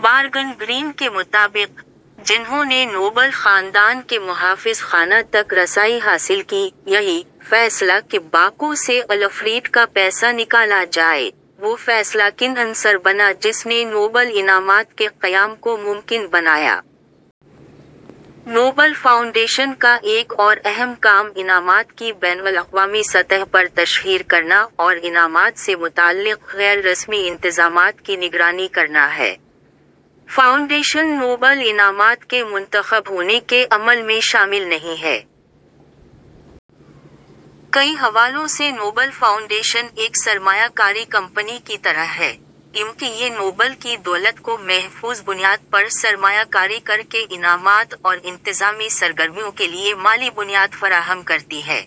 بارگن گرین کے مطابق، جنھوں نے نوبل خاندان کے محافظ خانہ تک رسائی حاصل کی، یہی "فیصلہ کہ باکو سے الفریڈ کا پیسہ نکالا جائے" وہ فیصلہ کن عنصر بنا جس نے نوبل انعامات کے قیام کو ممکن بنایا۔ نوبل فاؤنڈیشن کا ایک اور اہم کام انعامات کی بین الاقوامی سطح پر تشہیر کرنا اور انعامات سے متعلق غیر رسمی انتظامات کی نگرانی کرنا ہے۔ فاؤنڈیشن نوبل انعامات کے منتخب ہونے کے عمل میں شامل نہیں ہے۔ کئی حوالوں سے نوبل فاؤنڈیشن ایک سرمایہ کاری کمپنی کی طرح ہے، کیونکہ یہ نوبل کی دولت کو محفوظ بنیاد پر سرمایہ کاری کر کے انعامات اور انتظامی سرگرمیوں کے لیے مالی بنیاد فراہم کرتی ہے۔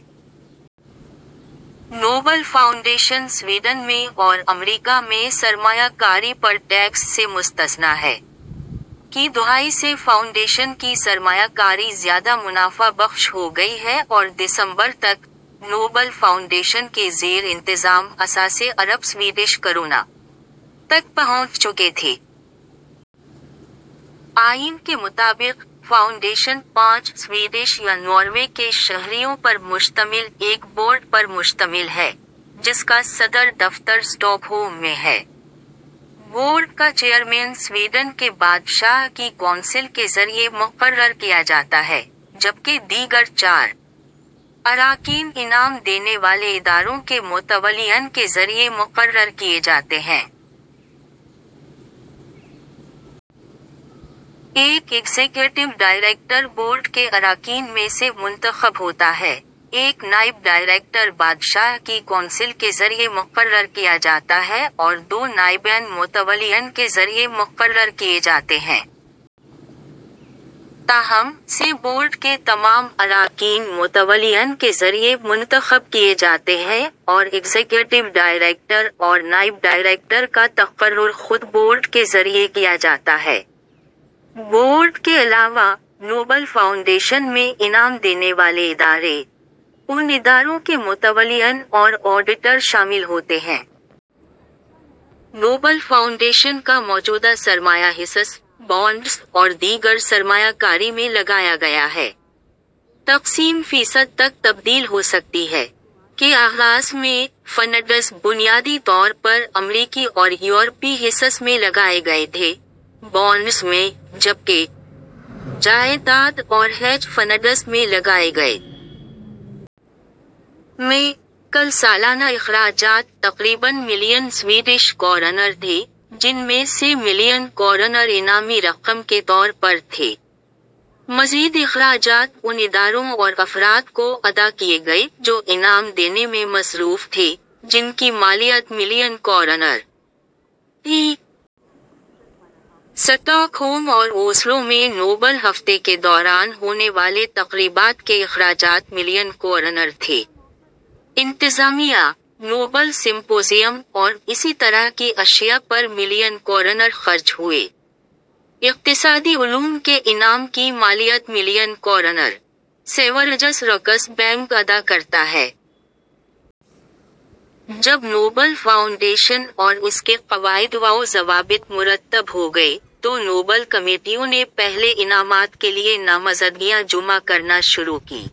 نوبل فاؤنڈیشن سویڈن میں اور امریکا میں سرمایہ کاری پر ٹیکس سے مستثنیٰ ہے ۔ کی دہائی سے فاؤنڈیشن کی سرمایہ کاری زیادہ منافع بخش ہو گئی ہے اور دسمبر تک، نوبل فاؤنڈیشن کے زیر انتظام اثاثے ارب سویڈش کرونا تک پہنچ چکے تھے۔ آئین کے مطابق، فاؤنڈیشن پانچ سویڈش یا ناروے کے شہریوں پر مشتمل ایک بورڈ پر مشتمل ہے، جس کا صدر دفتر اسٹاک ہوم میں ہے۔ بورڈ کا چیئرمین سویڈن کے بادشاہ کی کونسل کے ذریعے مقرر کیا جاتا ہے، جبکہ دیگر چار اراکین انعام دینے والے اداروں کے متولیان کے ذریعے مقرر کیے جاتے ہیں۔ ایک ایگزیکٹو ڈائریکٹر بورڈ کے اراکین میں سے منتخب ہوتا ہے، ایک نائب ڈائریکٹر بادشاہ کی کونسل کے ذریعے مقرر کیا جاتا ہے اور دو نائبین متولیان کے ذریعے مقرر کیے جاتے ہیں۔ تاہم، سے بورڈ کے تمام اراکین متولیان کے ذریعے منتخب کیے جاتے ہیں اور ایگزیکٹو ڈائریکٹر اور نائب ڈائریکٹر کا تقرر خود بورڈ کے ذریعے کیا جاتا ہے۔ بورڈ کے علاوہ، نوبل فاؤنڈیشن میں انعام دینے والے ادارے ، ان اداروں کے متولیان اور آڈیٹر شامل ہوتے ہیں۔ نوبل فاؤنڈیشن کا موجودہ سرمایہ حصص، بانڈز اور دیگر سرمایہ کاری میں لگایا گیا ہے۔ تقسیم فیصد تک تبدیل ہو سکتی ہے۔ کے آغاز میں، فنڈز بنیادی طور پر امریکی اور یورپی حصص میں لگائے گئے تھے، بانڈز میں، جبکہ جائداد اور ہیج فنڈز میں لگائے گئے۔ میں، کل سالانہ اخراجات تقریباً ملین سویڈش کرونر تھے، جن میں سے ملین کرونر انعامی رقم کے طور پر تھے۔ مزید اخراجات ان اداروں اور افراد کو ادا کیے گئے جو انعام دینے میں مصروف تھے، جن کی مالیت ملین کرونر تھی۔ سٹاک ہوم اور اوسلو میں نوبل ہفتے کے دوران ہونے والے تقریبات کے اخراجات ملین کرونر تھے۔ انتظامیہ، نوبل سمپوزیم اور اسی طرح کی اشیاء پر ملین کرونر خرچ ہوئے۔ اقتصادی علوم کے انعام کی مالیت million kronor Sveriges Riksbank ادا کرتا ہے۔ ۔ جب نوبل فاؤنڈیشن اور اس کے قواعد و ضوابط مرتب ہو گئے، تو نوبل کمیٹیوں نے پہلے انعامات کے لیے نامزدگیاں جمع کرنا شروع کیں۔